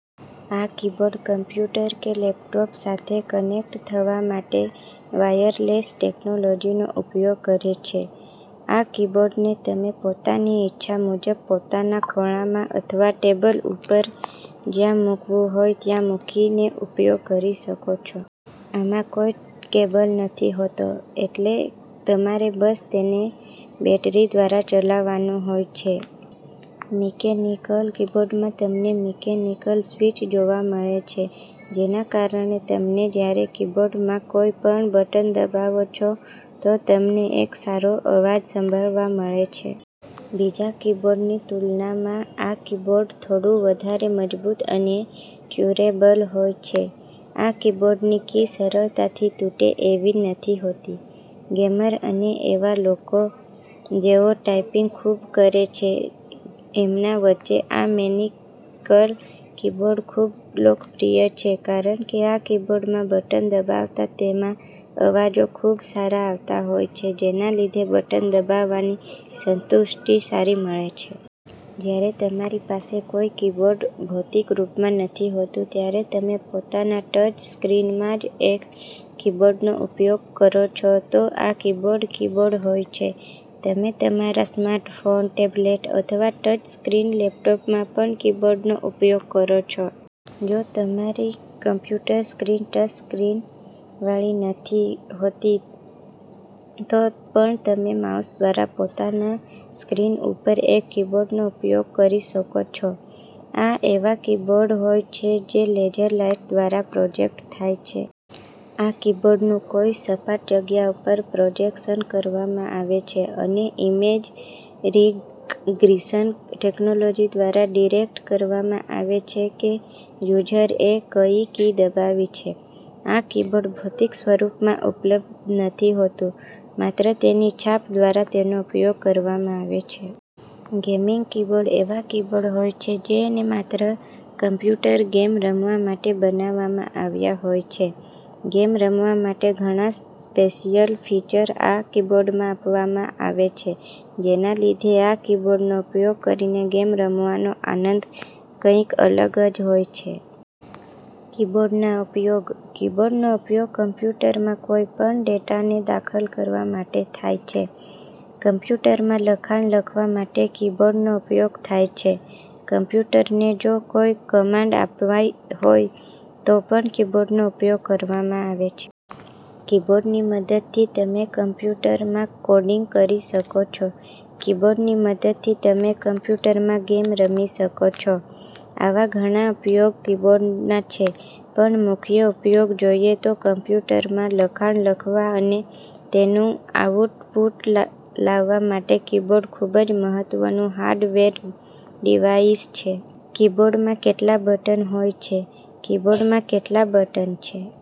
આ keyboard computer કે laptop સાથે કનેક્ટ થવા માટે વાયરલેસ ટેક્નોલોજીનો ઉપયોગ કરે છે. આ કીબોર્ડને તમે પોતાની ઈચ્છા મુજબ પોતાના ખોળામાં અથવા ટેબલ ઉપર જ્યાં મૂકવું હોય ત્યાં મૂકીને ઉપયોગ કરી શકો છો. આમાં કોઈ કેબલ નથી હોતો એટલે તમારે બસ તેને બેટરી દ્વારા ચલાવવાનું હોય છે. મિકેનિકલ કીબોર્ડમાં તમને મિકેનિકલ સ્વિચ જોવા મળે છે જેના કારણે તમે જ્યારે આ કીબોર્ડમાં કોઈ પણ બટન દબાવો છો તો તમને એક સારો અવાજ સાંભળવા મળે છે. બીજા કીબોર્ડની તુલનામાં આ કીબોર્ડ થોડું વધારે મજબૂત અને ડ્યુરેબલ હોય છે. આ કીબોર્ડની કી સરળતાથી તૂટે એવી નથી હોતી. ગેમર અને એવા લોકો જેઓ ટાઈપિંગ ખૂબ કરે છે એમના વચ્ચે આ મિકેનિકલ કીબોર્ડ ખૂબ લોકપ્રિય છે કારણ કે આ કીબોર્ડમાં બટન દબાવતા તેમાં અવાજો ખૂબ સારા આવતા હોય છે જેના લીધે બટન દબાવવાની સંતુષ્ટિ સારી મળે છે. જ્યારે તમારી પાસે કોઈ કીબોર્ડ ભૌતિક રૂપમાં નથી હોતું ત્યારે તમે પોતાના ટચ સ્ક્રીનમાં જ એક કીબોર્ડનો ઉપયોગ કરો છો તો આ કીબોર્ડ કીબોર્ડ હોય છે. તમે તમારા સ્માર્ટફોન, ટેબલેટ અથવા ટચ સ્ક્રીન લેપટોપમાં પણ કીબોર્ડનો ઉપયોગ કરો છો. જો તમારી કમ્પ્યુટર સ્ક્રીન ટચ સ્ક્રીન વાળી નથી હોતી તો પણ તમે માઉસ દ્વારા પોતાના સ્ક્રીન ઉપર એક કીબોર્ડનો ઉપયોગ કરી શકો છો. આ એવા કીબોર્ડ હોય છે જે લેઝર લાઇટ દ્વારા પ્રોજેકટ થાય છે. આ કીબોર્ડનું કોઈ સપાટ જગ્યા ઉપર પ્રોજેક્શન કરવામાં આવે છે અને ઇમેજ રિકગ્નિશન ટેક્નોલોજી દ્વારા ડિટેક્ટ કરવામાં આવે છે કે યુઝરએ કઈ કી દબાવી છે. આ કીબોર્ડ ભૌતિક સ્વરૂપમાં ઉપલબ્ધ નથી હોતું માત્ર તેની છાપ દ્વારા તેનો ઉપયોગ કરવામાં આવે છે. ગેમિંગ કીબોર્ડ એવા કીબોર્ડ હોય છે જેને માત્ર કમ્પ્યુટર ગેમ રમવા માટે બનાવવામાં આવ્યા હોય છે. ગેમ રમવા માટે ઘણા સ્પેશિયલ ફીચર આ કીબોર્ડમાં આપવામાં આવે છે જેના લીધે આ કીબોર્ડનો ઉપયોગ કરીને ગેમ રમવાનો આનંદ કઈક અલગ જ હોય છે. કીબોર્ડના ઉપયોગ. કીબોર્ડનો ઉપયોગ કમ્પ્યુટરમાં કોઈ પણ ડેટાને દાખલ કરવા માટે થાય છે. કમ્પ્યુટરમાં લખાણ લખવા માટે કીબોર્ડનો ઉપયોગ થાય છે. કમ્પ્યુટરને જો કોઈ કમાન્ડ આપવી હોય તો પણ કીબોર્ડનો ઉપયોગ કરવામાં આવે છે. કીબોર્ડની મદદથી તમે કમ્પ્યુટરમાં કોડિંગ કરી શકો છો. કીબોર્ડની મદદથી તમે કમ્પ્યુટરમાં ગેમ રમી શકો છો. આવા ઘણા ઉપયોગ કીબોર્ડના છે પણ મુખ્ય ઉપયોગ જોઈએ તો કમ્પ્યુટરમાં લખાણ લખવા અને તેનું આઉટપુટ લાવવા માટે કીબોર્ડ ખૂબ જ મહત્વનું હાર્ડવેર ડિવાઇસ છે. કીબોર્ડમાં કેટલા બટન હોય છે? કીબોર્ડમાં કેટલા બટન છે?